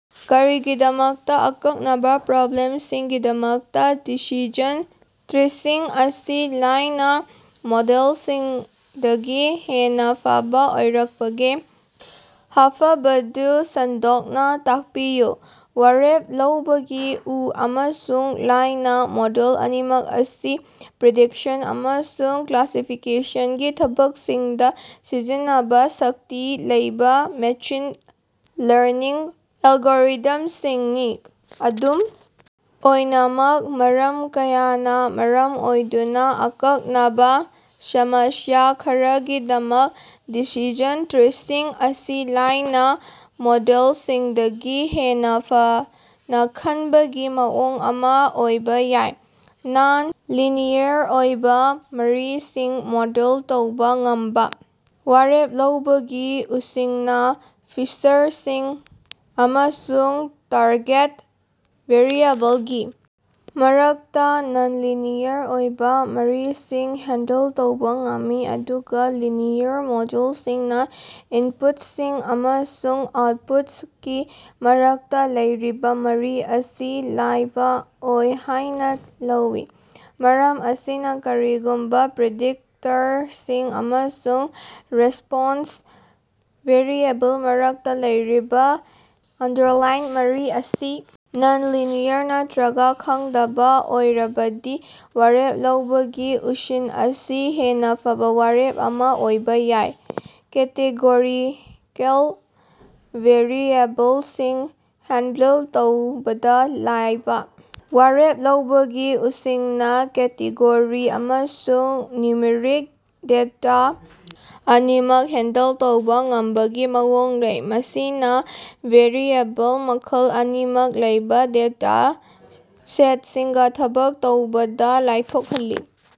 ꯀꯔꯤꯒꯤꯗꯃꯛꯇ ꯑꯀꯛꯅꯕ ꯄ꯭ꯔꯣꯕ꯭ꯂꯦꯝꯁꯤꯡꯒꯤꯗꯃꯛꯇ ꯗꯤꯁꯤꯖꯟ ꯇ꯭ꯔꯤꯁꯤꯡ ꯑꯁꯤ ꯂꯥꯏꯅ ꯃꯣꯗꯦꯜꯁꯤꯡꯗꯒꯤ ꯍꯦꯟꯅ ꯐꯕ ꯑꯣꯏꯔꯛꯄꯒꯦ ꯍꯥꯐꯕꯗꯨ ꯁꯟꯗꯣꯛꯅ ꯇꯥꯛꯄꯤꯌꯨ꯫ ꯋꯥꯔꯦꯞ ꯂꯧꯕꯒꯤ ꯎ ꯑꯃꯁꯨꯡ ꯂꯥꯏꯅ ꯃꯣꯗꯦꯜ ꯑꯅꯤꯃꯛ ꯑꯁꯤ ꯄ꯭ꯔꯤꯗꯤꯛꯁꯟ ꯑꯃꯁꯨꯡ ꯀ꯭ꯂꯥꯁꯤꯐꯤꯀꯦꯁꯟꯒꯤ ꯊꯕꯛꯁꯤꯡꯗ ꯁꯤꯖꯤꯟꯅꯕ ꯁꯛꯇꯤ ꯂꯩꯕ ꯃꯦꯆꯤꯟ ꯂꯔꯅꯤꯡ ꯑꯦꯜꯒꯣꯔꯤꯗꯝꯁꯤꯡꯅꯤ꯫ ꯑꯗꯨꯝ ꯑꯣꯏꯅꯃꯛ ꯃꯔꯝ ꯀꯌꯥꯅ ꯃꯔꯝ ꯑꯣꯏꯗꯨꯅ ꯑꯀꯛꯅꯕ ꯁꯃꯁ꯭ꯌꯥ ꯈꯔꯒꯤꯗꯃꯛ ꯗꯤꯁꯤꯖꯟ ꯇ꯭ꯔꯤꯁꯤꯡ ꯑꯁꯤ ꯂꯥꯏꯅ ꯃꯣꯗꯦꯜꯁꯤꯡꯗꯒꯤ ꯍꯦꯟꯅ ꯐꯅ ꯈꯟꯕꯒꯤ ꯃꯑꯣꯡ ꯑꯃ ꯑꯣꯏꯕ ꯌꯥꯏ꯫ ꯅꯟ-ꯂꯤꯅꯤꯌꯔ ꯑꯣꯏꯕ ꯃꯔꯤꯁꯤꯡ ꯃꯣꯗꯦꯜ ꯇꯧꯕ ꯉꯝꯕ: ꯋꯥꯔꯦꯞ ꯂꯧꯕꯒꯤ ꯎꯁꯤꯡꯅ ꯐꯤꯆꯔꯁꯤꯡ ꯑꯃꯁꯨꯡ ꯇꯥꯔꯒꯦꯠ ꯚꯦꯔꯤꯑꯦꯕꯜꯒꯤ ꯃꯔꯛꯇ ꯅꯟ-ꯂꯤꯅꯤꯌꯔ ꯑꯣꯏꯕ ꯃꯔꯤꯁꯤꯡ ꯍꯦꯟꯗꯜ ꯇꯧꯕ ꯉꯝꯃꯤ, ꯑꯗꯨꯒ ꯂꯤꯅꯤꯌꯔ ꯃꯣꯗꯦꯜꯁꯤꯡꯅ ꯏꯟꯄꯨꯠꯁꯤꯡ ꯑꯃꯁꯨꯡ ꯑꯥꯎꯠꯄꯨꯠꯀꯤ ꯃꯔꯛꯇ ꯂꯩꯔꯤꯕ ꯃꯔꯤ ꯑꯁꯤ ꯂꯥꯏꯕ ꯑꯣꯏ ꯍꯥꯏꯅ ꯂꯧꯏ꯫ ꯃꯔꯝ ꯑꯁꯤꯅ ꯀꯔꯤꯒꯨꯝꯕ ꯄ꯭ꯔꯤꯗꯤꯛꯇꯔꯁꯤꯡ ꯑꯃꯁꯨꯡ ꯔꯦꯁꯄꯣꯟꯁ ꯚꯦꯔꯤꯑꯦꯕꯜ ꯃꯔꯛꯇ ꯂꯩꯔꯤꯕ ꯑꯟꯗꯔꯂꯥꯏꯟ ꯃꯔꯤ ꯑꯁꯤ ꯅꯟ-ꯂꯤꯅꯤꯌꯔ ꯅꯠꯇ꯭ꯔꯒ ꯈꯪꯗꯕ ꯑꯣꯏꯔꯕꯗꯤ ꯋꯥꯔꯦꯞ ꯂꯧꯕꯒꯤ ꯎꯁꯤꯟ ꯑꯁꯤ ꯍꯦꯟꯅ ꯐꯕ ꯋꯥꯔꯦꯞ ꯑꯃ ꯑꯣꯏꯕ ꯌꯥꯏ꯫ ꯀꯦꯇꯤꯒꯣꯔꯤꯀꯦꯜ ꯚꯦꯔꯤꯑꯦꯕꯜꯁꯤꯡ ꯍꯦꯟꯗꯜ ꯇꯧꯕꯗ ꯂꯥꯏꯕ: ꯋꯥꯔꯦꯞ ꯂꯧꯕꯒꯤ ꯎꯁꯤꯡꯅ ꯀꯦꯇꯤꯒꯣꯔꯤ ꯑꯃꯁꯨꯡ ꯅ꯭ꯌꯨꯃꯔꯤꯛ ꯗꯦꯇꯥ ꯑꯅꯤꯃꯛ ꯍꯦꯟꯗꯜ ꯇꯧꯕ ꯉꯝꯕꯒꯤ ꯃꯑꯣꯡ ꯂꯩ, ꯃꯁꯤꯅ ꯚꯦꯔꯤꯑꯦꯕꯜ ꯃꯈꯜ ꯑꯅꯤꯃꯛ ꯂꯩꯕ ꯗꯦꯇꯥ ꯁꯦꯠꯁꯤꯡꯒ ꯊꯕꯛ ꯇꯧꯕꯗ ꯂꯥꯏꯊꯣꯛꯍꯜꯂꯤ꯫